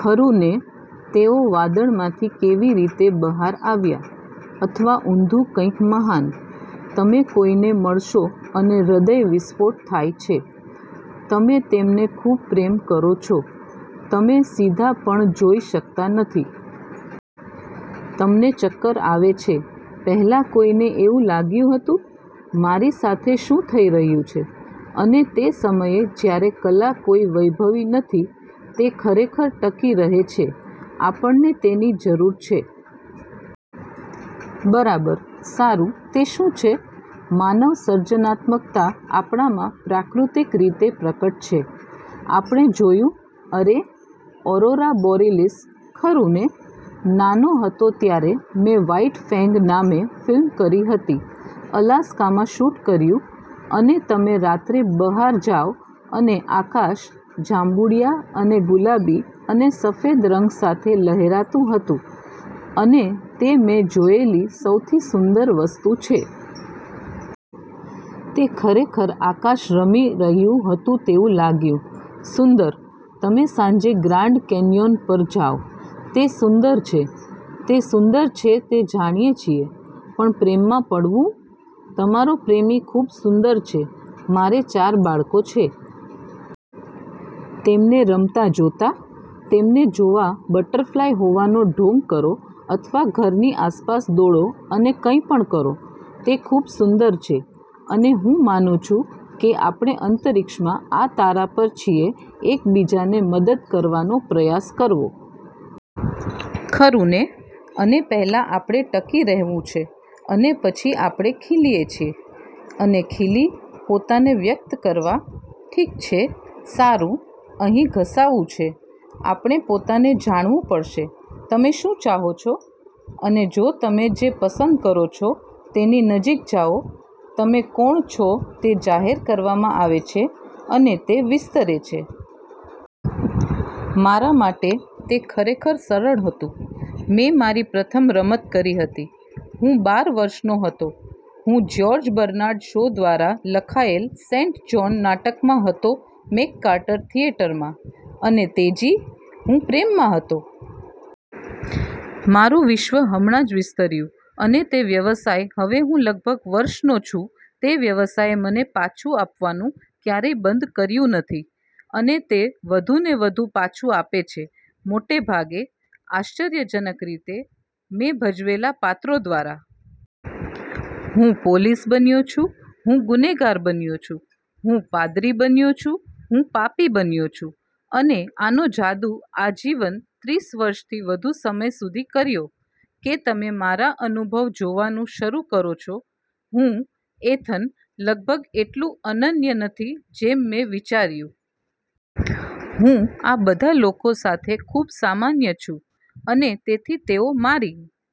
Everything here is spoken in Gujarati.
ખરું ને? તેઓ વાદળમાંથી કેવી રીતે બહાર આવ્યા? " અથવા ઊંધુ કંઈક મહાન. તમે કોઈને મળશો અને હૃદય વિસ્ફોટ થાય છે. તમે તેમને ખૂબ પ્રેમ કરો છો, તમે સીધા પણ જોઈ શકતા નથી. તમને ચક્કર આવે છે. "પહેલાં કોઈને એવું લાગ્યું હતું? મારી સાથે શું થઈ રહ્યું છે? " અને તે સમયે જ્યારે કલા કોઈ વૈભવી નથી, તે ખરેખર ટકી રહે છે. આપણને તેની જરૂર છે. બરાબર. સારું, તે શું છે? માનવ સર્જનાત્મકતા આપણામાં પ્રાકૃતિક રીતે પ્રગટ છે. આપણે જોયું, અરે... ઓરોરા બોરીલીસ. ખરું ને? નાનો હતો ત્યારે મેં વ્હાઇટ ફેંગ નામે ફિલ્મ કરી હતી, અલાસ્કામાં શૂટ કર્યું, અને તમે રાત્રે બહાર જાવ અને આકાશ જાંબુડિયા અને ગુલાબી અને સફેદ રંગ સાથે લહેરાતું હતું, અને તે મેં જોયેલી સૌથી સુંદર વસ્તુ છે. તે ખરેખર આકાશ રમી રહ્યું હતું તેવું લાગ્યું. સુંદર. તમે સાંજે ગ્રાન્ડ કેન્યોન પર જાઓ. તે સુંદર છે. તે સુંદર છે તે જાણીએ છીએ. પણ પ્રેમમાં પડવું? તમારો પ્રેમી ખૂબ સુંદર છે. મારે ચાર બાળકો છે. તેમને રમતા જોતા? તેમને જોવા બટરફ્લાય હોવાનો ઢોંગ કરો અથવા ઘરની આસપાસ દોડો અને કંઈ પણ કરો, તે ખુબ સુંદર છે. અને હું માનું છું કે આપણે અંતરિક્ષમાં આ તારા પર છીએ એક બીજાને મદદ કરવાનો પ્રયાસ કરવો. ખરું ને? અને પહેલા આપણે ટકી રહેવું છે, અને પછી આપણે ખીલીએ છે. અને ખીલી, પોતાને વ્યક્ત કરવા, ઠીક છે, સારું, અહીં ઘસાવું છે: આપણે પોતાને જાણવું પડશે. તમે શું ચાહો છો? અને જો તમે જે પસંદ કરો છો તેની નજીક જાઓ, તમે કોણ છો તે જાહેર કરવામાં આવે છે, અને તે વિસ્તરે છે. મારા માટે, તે ખરેખર સરળ હતું. મેં મારી પ્રથમ રમત કરી હતી. હું બાર વર્ષનો હતો. હું જ્યોર્જ બર્નાર્ડ શો દ્વારા લખાયેલ સેંટ જોન નાટકમાં હતો મેકકાર્ટર થિયેટરમાં, અને તેજી! હું પ્રેમમાં હતો. મારું વિશ્વ હમણાં જ વિસ્તર્યું. અને તે વ્યવસાય હવે હું લગભગ વર્ષનો છું તે વ્યવસાયે મને પાછું આપવાનું ક્યારેય બંધ કર્યું નથી, અને તે વધુને વધુ પાછું આપે છે, મોટે ભાગે, આશ્ચર્યજનક રીતે, મેં ભજવેલા પાત્રો દ્વારા. હું પોલીસ બન્યો છુ, હું ગુનેહગાર બન્યો છુ. હું પાદરી બન્યો છુ, હું પાપી બન્યો છુ. અને આનો જાદુ આજીવન, ત્રીસ વર્ષથી વધુ સમય સુધી કર્યો, કે તમે મારા અનુભવ જોવાનું શરુ કરો છો, હું, એથન, લગભગ એટલું અનન્ય નથી જેમ મેં વિચાર્યું. હું આ બધા લોકો સાથે ખૂબ સામાન્ય છું. અને તેથી તેઓ મારી